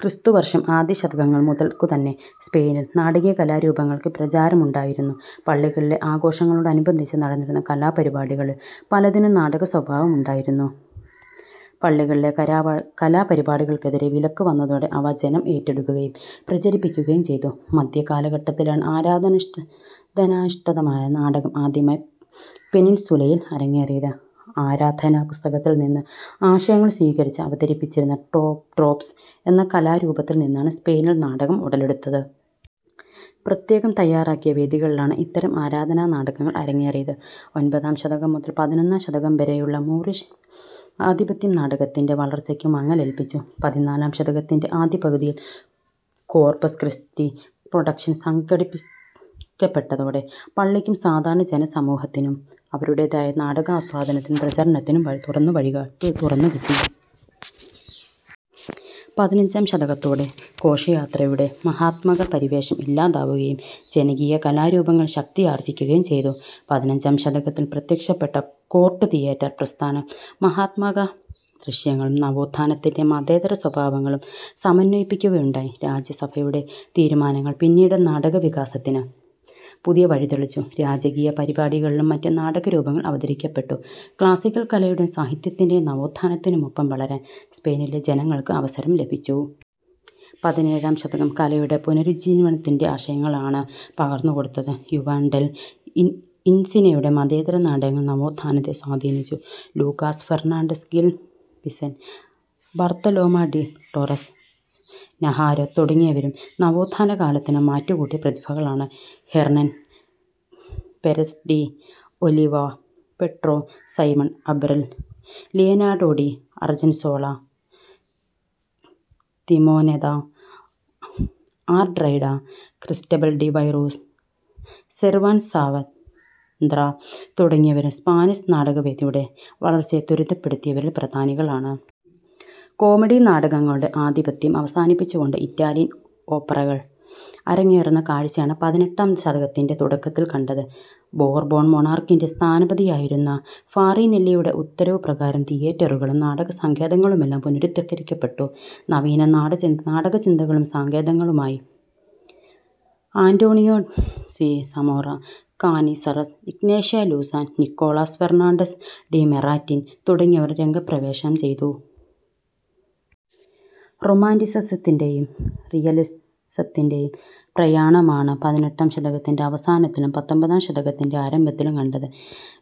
ക്രിസ്തുവർഷം ആദ്യശതകങ്ങൾ മുതൽക്കുതന്നെ സ്പെയിനിൽ നാടകീയ കലാരൂപങ്ങൾക്ക് പ്രചാരമുണ്ടായിരുന്നു. പള്ളികളിലെ ആഘോഷങ്ങളോടനുബന്ധിച്ച് നടന്നിരുന്ന കലാപരിപാടികളിൽ പലതിനും നാടകസ്വഭാവമുണ്ടായിരുന്നു. പള്ളികളിലെ കരാപ കലാപരിപാടികൾക്കെതിരെ വിലക്ക് വന്നതോടെ, അവ ജനം ഏറ്റെടുക്കുകയും പ്രചരിപ്പിക്കുകയും ചെയ്തു. മധ്യകാലഘട്ടത്തിലാണ് ആരാധനിധിഷ്ഠി ധനിഷ്ഠിതമായ നാടകം ആദ്യമായി പെനിൻസുലയിൽ അരങ്ങേറിയത്. ആരാധനാപുസ്തകത്തിൽനിന്ന് ആശയങ്ങൾ സ്വീകരിച്ച് അവതരിപ്പിച്ചിരുന്ന ട്രോപ്സ് എന്ന കലാരൂപത്തിൽനിന്നാണ് സ്പെയിനിൽ നാടകം ഉടലെടുത്തത്. പ്രത്യേകം തയ്യാറാക്കിയ വേദികളിലാണ് ഇത്തരം ആരാധനാ നാടകങ്ങൾ അരങ്ങേറിയത്. ഒൻപതാം ശതകം മുതൽ പതിനൊന്നാം ശതകം വരെയുള്ള മൂറിഷ് ആധിപത്യം നാടകത്തിൻ്റെ വളർച്ചക്ക് മങ്ങലേൽപ്പിച്ചു. പതിനാലാം ശതകത്തിൻ്റെ ആദ്യപകുതിയിൽ കോർപ്പസ് ക്രിസ്റ്റി പ്രൊഡക്ഷൻ സംഘടിപ്പിക്കപ്പെട്ടതോടെ, പള്ളിക്കും സാധാരണ ജനസമൂഹത്തിനും അവരുടേതായ നാടകാസ്വാദത്തിനും പ്രചരണത്തിനും വഴി തുറന്നു വഴി തുറന്നുകിട്ടി. പതിനഞ്ചാം ശതകത്തോടെ, ഘോഷയാത്രയുടെ മഹാത്മക പരിവേഷം ഇല്ലാതാവുകയും ജനകീയകലാരൂപങ്ങൾ ശക്തിയാർജിക്കുകയും ചെയ്തു. പതിനഞ്ചാം ശതകത്തിൽ പ്രത്യക്ഷപ്പെട്ട കോർട്ട് തിയേറ്റർ പ്രസ്ഥാനം മഹാത്മകദൃശ്യങ്ങളും നവോത്ഥാനത്തിൻ്റെ മതേതര സ്വഭാവങ്ങളും സമന്വയിപ്പിക്കുകയുണ്ടായി. രാജസഭയുടെ തീരുമാനങ്ങൾ, പിന്നീട് നാടകവികാസത്തിന് പുതിയ വഴി തെളിച്ചു. രാജകീയ പരിപാടികളിലും മറ്റും നാടകരൂപങ്ങൾ അവതരിക്കപ്പെട്ടു. ക്ലാസ്സിക്കൽ കലയുടെയും സാഹിത്യത്തിൻ്റെയും നവോത്ഥാനത്തിനൊപ്പം വളരാൻ സ്പെയിനിലെ ജനങ്ങൾക്ക് അവസരം ലഭിച്ചു. പതിനേഴാം ശതകം, കലയുടെ പുനരുജ്ജീവനത്തിൻ്റെ ആശയങ്ങളാണ് പകർന്നു കൊടുത്തത്. യുവാൻ ഡെൽ ഇൻ ഇൻസിനയുടെ മതേതര നാടകങ്ങൾ നവോത്ഥാനത്തെ സ്വാധീനിച്ചു. Lucas Fernandez, Gil Vicente, Bartolome de Torres Naharro തുടങ്ങിയവരും നവോത്ഥാനകാലത്തിന് മാറ്റു കൂട്ടിയ പ്രതിഭകളാണ്. Hernan Perez de Oliva, Pedro Simon Abril, Leonardo de Argensola, Timoneda, Artieda, Cristobal de Virues, Cervantes Saavedra തുടങ്ങിയവരും സ്പാനിഷ് നാടകവേദിയുടെ വളർച്ചയെ ത്വരിതപ്പെടുത്തിയവരിൽ പ്രധാനികളാണ്. കോമഡി നാടകങ്ങളുടെ ആധിപത്യം അവസാനിപ്പിച്ചുകൊണ്ട് ഇറ്റാലിയൻ ഓപ്പറെകൾ അരങ്ങേറുന്ന കാഴ്ചയാണ് പതിനെട്ടാം ശതകത്തിൻ്റെ തുടക്കത്തിൽ കണ്ടത്. ബോർബോൺ മൊണാർക്കിൻ്റെ സ്ഥാനപതിയായിരുന്ന ഫാറിനെല്ലിയുടെ ഉത്തരവുപ്രകാരം തിയേറ്ററുകളും നാടകസങ്കേതങ്ങളുമെല്ലാം പുനരുദ്ധകരിക്കപ്പെട്ടു. നവീന നാടചി നാടകചിന്തകളും സങ്കേതങ്ങളുമായി അന്റോണിയോ സി Zamora, Canizares, Ignacio Luzan, Nicolas Fernandez de Moratin തുടങ്ങിയവർ രംഗപ്രവേശം ചെയ്തു. റൊമാന്റിസിസത്തിൻ്റെയും റിയലിസത്തിൻ്റെയും പ്രയാണമാണ് പതിനെട്ടാം ശതകത്തിൻ്റെ അവസാനത്തിലും പത്തൊൻപതാം ശതകത്തിൻ്റെ ആരംഭത്തിലും കണ്ടത്.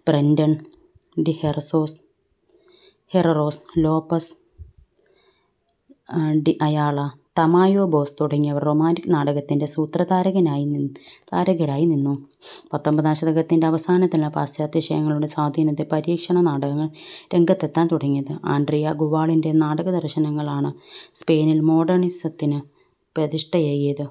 Breton de Herreros Herreros, Lopez de Ayala, Tamayo Baus തുടങ്ങിയവർ റൊമാന്റിക് നാടകത്തിൻ്റെ സൂത്രധാരകനായി ധാരകരായിനിന്നു. പത്തൊൻപതാം ശതകത്തിൻ്റെ അവസാനത്തിലാ, പാശ്ചാത്യാശയങ്ങളുടെ സ്വാധീനത്തിൽ പരീക്ഷണനാടകങ്ങൾ രംഗത്തെത്താൻ തുടങ്ങിയത്. ആൻട്രിയാ ഗുവാളിൻ്റെ നാടകദർശനങ്ങളാണ് സ്പെയിനിൽ മോഡേണിസത്തിന് പ്രതിഷ്ഠയേകിയത്.